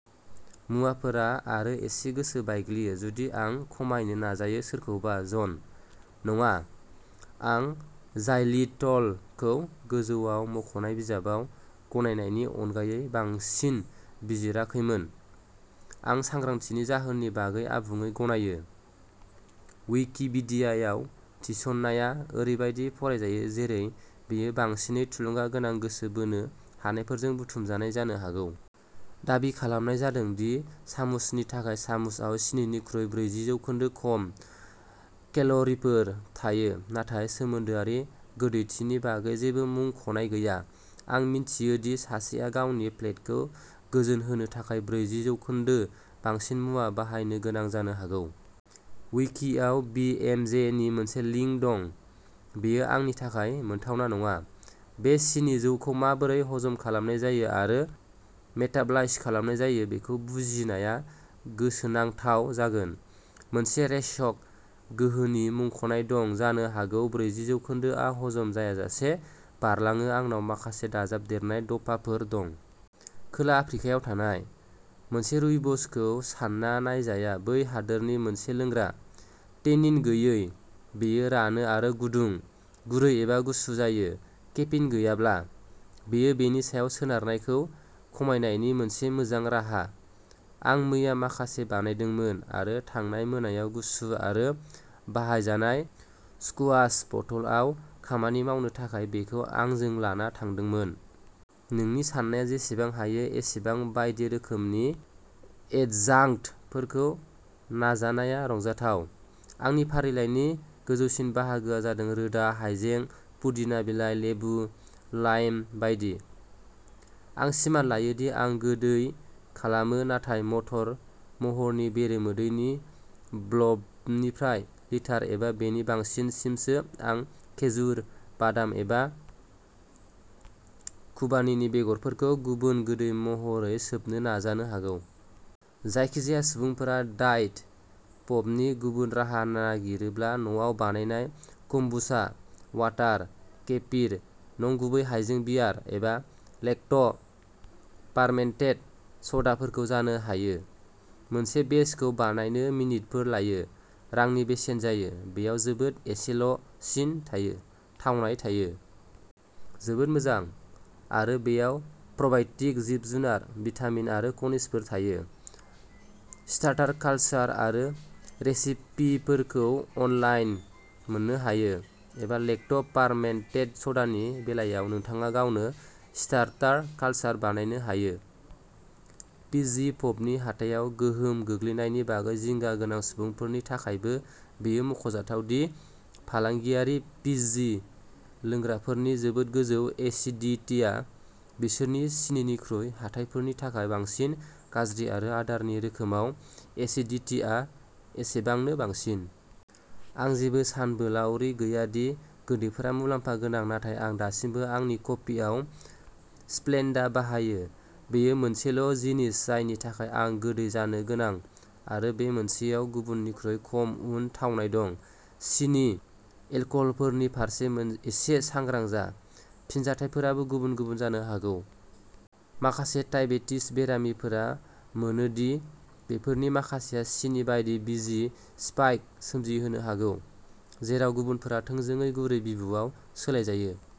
मुवाफोरा आरो एसे गोसो बायग्लियो जुदि आं खमायनो नाजायो सोरखौबा जन, नङा, आं जाइलिट'लखौ गोजौआव मख'नाय बिजाबाव गनायनायनि अनगायै बांसिन बिजिराखैमोन। आं सांग्रांथिनि जाहोननि बागै आबुङै गनायो। विकिभिडियायाव थिसननाया ओरैबायदि फरायजायो जेरै बेयो बांसिनै थुलुंगा गोनां गोसो बोनो हानायफोरजों बुथुमजानाय जानो हागौ। दाबि खालामनाय जादों दि सामुसनि थाखाय सामुसआव सिनिनिख्रुइ ब्रैजि जौखोन्दो खम केल'रिफोर थायो नाथाय सोमोन्दोआरि गोदैथिनि बागै जेबो मुंख'नाय गैया। आं मिन्थियो दि सासेआ गावनि पेलेटखौ गोजोनहोनो थाखाय ब्रैजि जौखोन्दो बांसिन मुवा बाहायनो गोनां जानो हागौ। विकिआव बि एम जे नि मोनसे लिंक दं बेयो आंनि थाखाय मोनथावना नङा। बे सिनि-जौखौ माबोरै हजम खालामनाय जायो आरो मेटाबलाइज खालामनाय जायो बेखौ बुजिनाया गोसोनांथाव जागोन। मोनसे रेचक गोहोनि मुंख'नाय दं-जानो हागौ ब्रैजि जौखोन्दो आ हजम जायाजासे बारलाङो आंनाव माखासे दाजाबदेरनाय दफाफोर दं। खोला आफ्रिकायाव थानाय। मोनसे 'रुइबुस' खौ सानना नायजाया बै हादोरनि मोनसे लोंग्रा। टेनिन गैयै, बेयो रानो आरो गुदुं, गुरै एबा गुसु जायो। केफिन गैयाब्ला, बेयो बेनि सायाव सोनारनायखौ खमायनायनि मोनसे मोजां राहा। आं मैया माखासे बानायदोंमोन आरो थांनाय मोनायाव गुसु आरो बाहायजानाय स्कुवाश बथलआव खामानि मावनो थाखाय बेखौ आंजों लाना थांदोंमोन। नोंनि साननाया जेसेबां हायो एसेबां बायदि रोखोमनि एडजांक्टफोरखौ नाजानाया रंजाथाव। आंनि फारिलाइनि गोजौसिन बाहागोआ जादों रोदा हायजें, पुदिना बिलाइ, लेबु, लाइम बायदि। आं सिमान लायो दि आं गोदै खालामो नाथाय मटर महरनि बेरेमोदैनि ब्लबनिफ्राय लिटार एबा बेनि बांसिन सिमसो आं खेजुर, बादाम एबा खुबानीनि बेगरफोरखौ गुबुन गोदै महरै सोबनो नाजानो हागौ। जायखिजाया सुबुंफोरा डायेट पपनि गुबुन राहा नागिरोब्ला न'आव बानायनाय कम्बुचा, वाटार केफिर, नंगुबै हायजें बियार, एबा लेक्ट'- फार्मेन्टेड स'डाफोरखौ जानो हायो। मोनसे बेचखौ बानायनो मिनिटफोर लायो, रांनि बेसेन जायो, बेयाव जोबोद एसेल' सिन थायो, थावनाय थायो। जोबोद मोजां, आरो बेयाव प्र'बाय'टिक जिब-जुनार, भिटामिन आरो खनिजफोर थायो। स्टार्टार कालसार आरो रेसिपिफोरखौ अनलाइन मोननो हायो, एबा लेक्ट'- फार्मेन्टेड स'डानि बेलायाव नोंथाङा गावनो स्टार्टार कालसार बानायनो हायो। फिज्जि पपनि हाथाइआव गोहोम गोग्लैनायनि बागै जिंगा गोनां सुबुंफोरनि थाखायबो बेयो मख'जाथाव दि फालांगियारि फिज्जि लोंग्राफोरनि जोबोद गोजौ एसिडिटीया बिसोरनि सिनिनिख्रुइ हाथाइफोरनि थाखाय बांसिन गाज्रि-आरो आदारनि रोखोमाव एसिडिटीआ एसेबांनो बांसिन। आं जेबो सानबोलावरि गैया दि गोदैफोरा मुलामफा गोनां नाथाय आं दासिमबो आंनि कफिआव स्प्लेन्डा बाहायो, बेयो मोनसेल' जिनिस जायनि थाखाय आं गोदै जानो गोनां आरो बे मोनसेयाव गुबुन निख्रुइ खम उन-थावनाय दं। सिनि एलकहलफोरनि फारसे एसे सांग्रां जा, फिनजाथायफोराबो गुबुन-गुबुन जानो हागौ। माखासे थाइबेटिस बेरामिफोरा मोनो दि बेफोरनि माखासेया सिनि बायदि बिजि स्पाइक सोमजिहोनो हागौ, जेराव गुबुनफोरा थोंजोङै गुरै बिबुआव सोलायजायो।